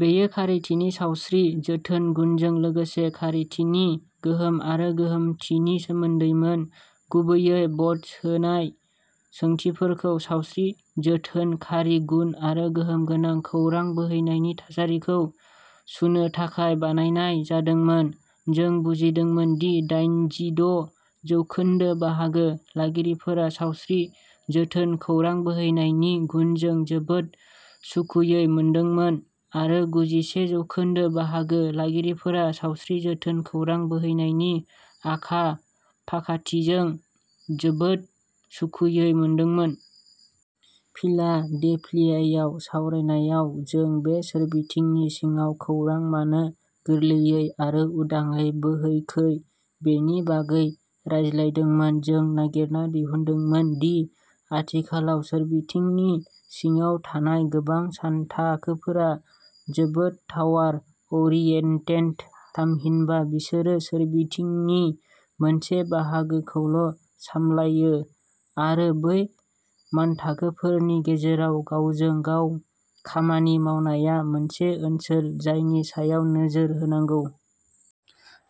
बेयो खारिथिनि सावस्रि जोथोन गुनजों लोगोसे खारिथिनि गोहोम आरो गोहोमथिनि सोमोन्दैमोन। गुबैयै भट सोनाय सोंथिफोरखौ सावस्रि जोथोन खारि गुन आरो गोहोम गोनां खौरां बोहैनायनि थासारिखौ सुनो थाखाय बानायनाय जादोंमोन। जों बुजिदोंमोन दि दाइन जिद' जौखोन्दो बाहागो लागिरिफोरा सावस्रि जोथोन खौरां बोहैनायनि गुनजों जोबोद सुखुयै मोनदोंमोन आरो गुजिसे जौखोन्दो बाहागो लागिरिफोरा सावस्रि जोथोन खौरां बोहैनायनि आखा फाखाथिजों जोबोद सुखुयै मोनदोंमोन। फिलाडेल्फियायाव सावरायनायाव जों बे सोरबिथिंनि सिङाव खौरां मानो गोरलैयै आरो उदाङै बोहैखै बेनि बागै रायज्लायदोंमोन। जों नागिरना दिहुनदोंमोन दि आथिखालाव सोरबिथिंनि सिङाव थानाय गोबां मानथाखोफोरा जोबोद टावार ओरियेन्टेन्ड थामहिनबा बिसोरो सोरबिथिंनि मोनसे बाहागोखौल'सामलायो आरो बै मानथाखोफोरनि गेजेराव गावजों गाव खामानि मावनाया मोनसे ओनसोल जायनि सायाव नोजोर होनांगौ।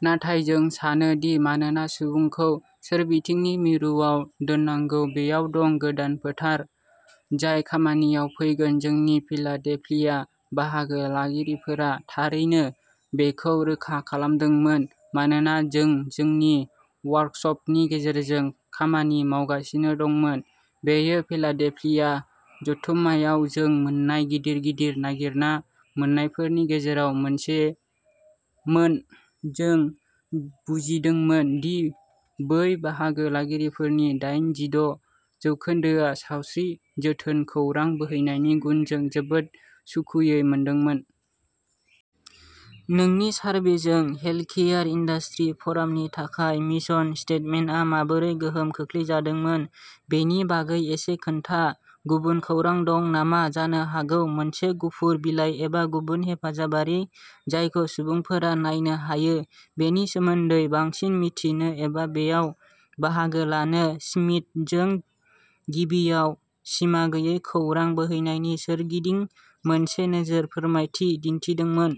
नाथाय जों सानो दि मानोना सुबुंखौ सोरबिथिंनि मिरुआव दोननांगौ बेयाव दं गोदान फोथार जाय खामानियाव फैगोन जोंनि फिलाडेल्फिया बाहागो लागिरिफोरा थारैनो बेखौ रोखा खालामदोंमोन मानोना जों जोंनि वार्कसपनि गेजेरजों खामानि मावगासिनो दंमोन। बेयो फिलाडेल्फिया जथुम्मायाव जों मोन्नाय गिदिर गिदिर नागिरना मोन्नायफोरनि गेजेराव मोनसे मोन जों बुजिदोंमोन दि बै बाहागो लागिरिफोरनि दाइन जिद' जौखोन्दोआ सावस्रि जोथोन खौरां बोहैनायनि गुनजों जोबोद सुखुयै मोनदोंमोन। नोंनि सारभेजों हेल्थकेयार इन्डास्ट्रि फ'रामनि थाखाय मिसन स्टेटमेन्टआ माबोरै गोहोम खोख्लैजादोंमोन बेनि बागै एसे खोन्था गुबुन खौरां दं नामा जानो हागौ मोनसे गुफुर बिलाइ एबा गुबुन हेफाजाबारि जायखौ सुबुंफोरा नायनो हायो बेनि सोमोन्दै बांसिन मिथिनो एबा बेयाव बाहागो लानो श्मिट जों गिबियाव सिमा गैयै खौरां बोहैनायनि सोरगिदिं मोनसे नोजोर फोरमायथि दिन्थिदोंमोन।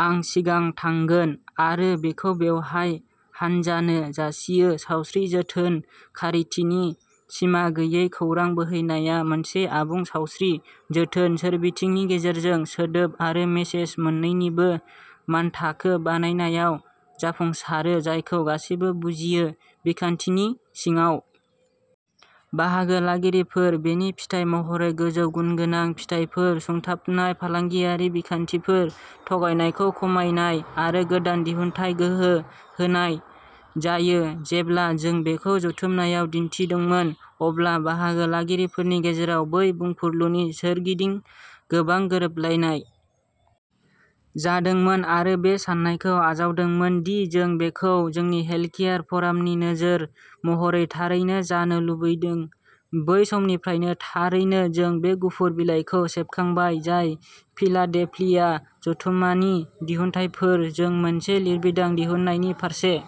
आं सिगां थांगोन आरो बेखौ बेवहाय हानजानो जासियो सावस्रि जोथोन खारिथिनि सिमा गैयै खौरां बोहैनाया मोनसे आबुं सावस्रि जोथोन सोरबिथिंनि गेजेरजों सोदोब आरो मेसेज मोन्नैनिबो मानथाखो बानायनायाव जाफुंसारो जायखौ गासैबो बुजियो। बिखान्थिनि सिङाव -- बाहागो लागिरिफोर बेनि फिथाय महरै गोजौ गुनगोनां फिथायफोर सुंथाबनाय फालांगियारि बिखान्थिफोर थगायनायखौ खमायनाय आरो गोदान दिहुनथाइ गोहो होनाय जायो जेब्ला जों बेखौ जथुमनायाव दिन्थिदोंमोन अब्ला बाहागो लागिरिफोरनि गेजेराव बै बुंफुरलुनि सोरगिदिं गोबां गोरोबलायनाय -- जादोंमोन आरो बे साननायखौ आजावदोंमोन दि जों बेखौ जोंनि हेल्थकेयार फ'रामनि नोजोर महरै थारैनो जानो लुबैदों। बै समनिफ्रायनो थारैनो जों बे गुफुर बिलाइखौ सेबखांबाय जाय फिलाडेल्फिया जथुमानि दिहुनथायफोर जों मोनसे लिरबिदां दिहुननायनि फारसे --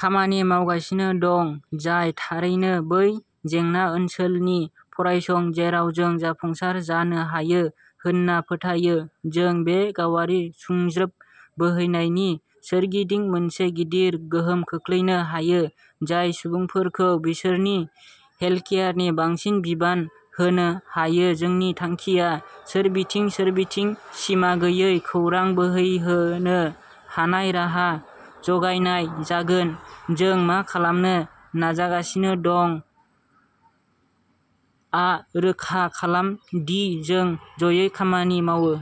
खामानि मावगासिनो दं जाय थारैनो बै जेंना ओनसोलनि फरायसं जेराव जों जाफुंसार जानो हायो होनना फोथायो। जों बे गावारि सुंज्रोब बोहैनायनि सोरगिदिं मोनसे गिदिर गोहोम खोख्लैनो हायो जाय सुबुंफोरखौ बिसोरनि हेल्थकेयारनि बांसिन बिबान होनो हायो जोंनि थांखिया सोरबिथिं सोरबिथिं सिमा गैयै खौरां बोहैहोनो हानाय राहा जगायनाय जागोन जों मा खालामनो नाजागासिनो दं आ रोखा खालाम दि जों जयै खामानि मावो।